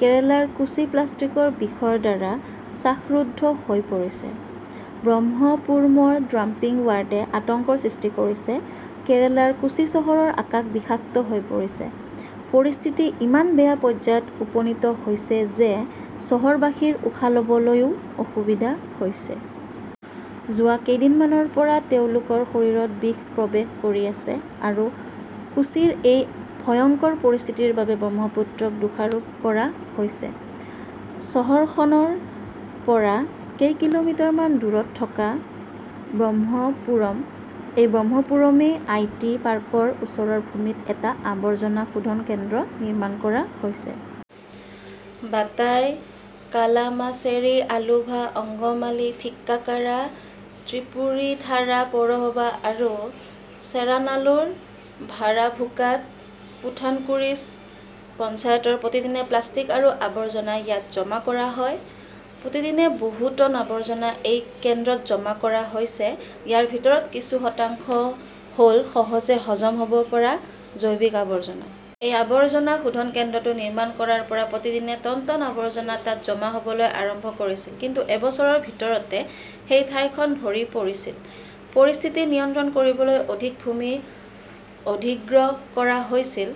কেৰালাৰ কোচি প্লাষ্টিকৰ বিষৰ দ্বাৰা শ্বাসৰুদ্ধ হৈ পৰিছে! ব্ৰহ্মপুৰমৰ ডাম্পিং য়াৰ্ডে আতংকৰ সৃষ্টি কৰিছে। কেৰালাৰ কোচি চহৰৰ আকাশ বিষাক্ত হৈ পৰিছে। পৰিস্থিতি ইমান বেয়া পৰ্যায়ত উপনীত হৈছে যে চহৰবাসীৰ উশাহ লবলৈও অসুবিধা হৈছে। যোৱা কেইদিনমানৰ পৰা তেওঁলোকৰ শৰীৰত বিষ প্ৰৱেশ কৰি আছে। আৰু কোচিৰ এই ভয়ংকৰ পৰিস্থিতিৰ বাবে ব্ৰহ্মপুত্ৰক দোষাৰোপ কৰা হৈছে। চহৰখনৰ পৰা কেই কিলোমিটাৰমান দূৰত থকা ব্ৰহ্মপুৰম। এই ব্ৰহ্মপুৰমেই আইটি পাৰ্কৰ ওচৰৰ ভূমিত এটা আৱৰ্জনা শোধন কেন্দ্ৰ নিৰ্মাণ কৰা হৈছে। বাতাই, কালামাছেৰী, আলুভা, অংগমালী, থ্ৰিক্কাকাৰা, ত্ৰিপুনিথাৰা পৌৰসভা আৰু চেৰানালুৰ, ভাৰাভুকাড, পুথানকুৰিছ পঞ্চায়তৰ প্ৰতিদিনে প্লাষ্টিক আৰু আৱৰ্জনা ইয়াত জমা কৰা হয়। প্ৰতিদিনে বহু টন আৱৰ্জনা এই কেন্দ্ৰত জমা কৰা হৈছে। ইয়াৰ ভিতৰত কিছু শতাংশ হ'ল সহজে হজম হ'ব পৰা জৈৱিক আৱৰ্জনা। এই আৱৰ্জনা শোধন কেন্দ্ৰটো নিৰ্মাণ কৰাৰ পৰা প্ৰতিদিনে টন টন আৱৰ্জনা তাত জমা হ'বলৈ আৰম্ভ কৰিছিল। কিন্তু এবছৰৰ ভিতৰতে সেই ঠাইখন ভৰি পৰিছিল। পৰিস্থিতি নিয়ন্ত্ৰণ কৰিবলৈ অধিক ভূমি অধিগ্ৰহ কৰা হৈছিল।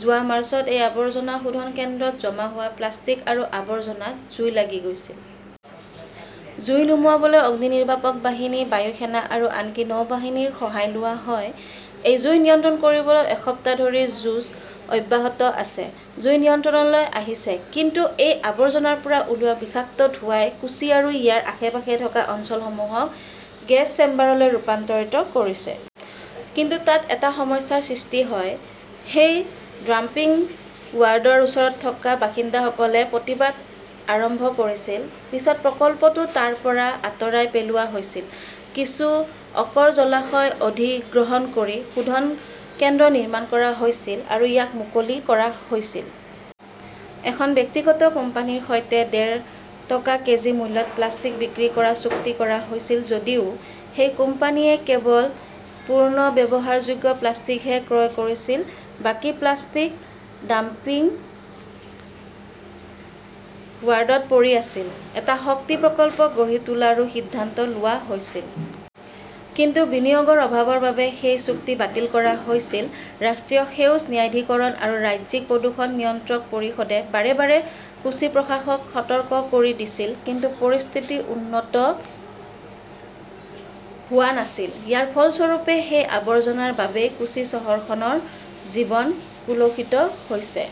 যোৱা মাৰ্চত সেই আৱৰ্জনা শোধন কেন্দ্ৰত জমা হোৱা প্লাষ্টিক আৰু আৱৰ্জনাত জুই লাগি গৈছিল। জুই নুমুৱাবলৈ অগ্নিনিৰ্বাপক বাহিনী, বায়ু সেনা আৰু আনকি নৌবাহিনীৰ সহায় লোৱা হয়। সেই জুই নিয়ন্ত্ৰণ কৰিবলৈ এসপ্তাহ ধৰি যুঁজ অব্যাহত আছে। জুই নিয়ন্ত্ৰণলৈ আহিছে। কিন্তু সেই আৱৰ্জনাৰ পৰা ওলোৱা বিষাক্ত ধোঁৱাই কোচি আৰু ইয়াৰ আশে-পাশে থকা অঞ্চলসমূহক গেছ চেম্বাৰলৈ ৰূপান্তৰিত কৰিছে। কিন্তু তাত এটা সমস্যাৰ সৃষ্টি হয়। সেই ডাম্পিং য়াৰ্ডৰ ওচৰত থকা বাসিন্দাসকলে প্ৰতিবাদ আৰম্ভ কৰিছিল। পিছত প্ৰকল্পটো তাৰ পৰা আঁতৰাই পেলোৱা হৈছিল। কিছু একৰ জলাশয় অধিগ্ৰহণ কৰি শোধন কেন্দ্ৰ নিৰ্মাণ কৰা হৈছিল আৰু ইয়াক মুকলি কৰা হৈছিল। এখন ব্যক্তিগত কোম্পানীৰ সৈতে ডেৰ টকা কেজি মূল্যত প্লাষ্টিক বিক্ৰী কৰাৰ চুক্তি কৰা হৈছিল। যদিও সেই কোম্পানীয়ে কেৱল পুনৰ্ব্যৱহাৰযোগ্য প্লাষ্টিকহে ক্ৰয় কৰিছিল। বাকী প্লাষ্টিক ডাম্পিং য়াৰ্ডত পৰি আছিল। এটা শক্তি প্ৰকল্প ‌‌গঢ়ি তোলাৰো সিদ্ধান্ত লোৱা হৈছিল। কিন্তু বিনিয়োগৰ অভাৱৰ বাবে সেই চুক্তি বাতিল কৰা হৈছিল। ৰাষ্ট্ৰীয় সেউজ ন্যায়াধিকৰণ আৰু ৰাজ্যিক প্ৰদূষণ নিয়ন্ত্ৰক পৰিষদে বাৰে বাৰে কোচি প্ৰশাসনক সতৰ্ক কৰি দিছিল। কিন্তু পৰিস্থিতি উন্নত হোৱা নাছিল। ইয়াৰ ফলস্বৰূপে সেই আৱৰ্জনাৰ বাবেই কোচি চহৰখনৰ জীৱন কলুষিত হৈছে।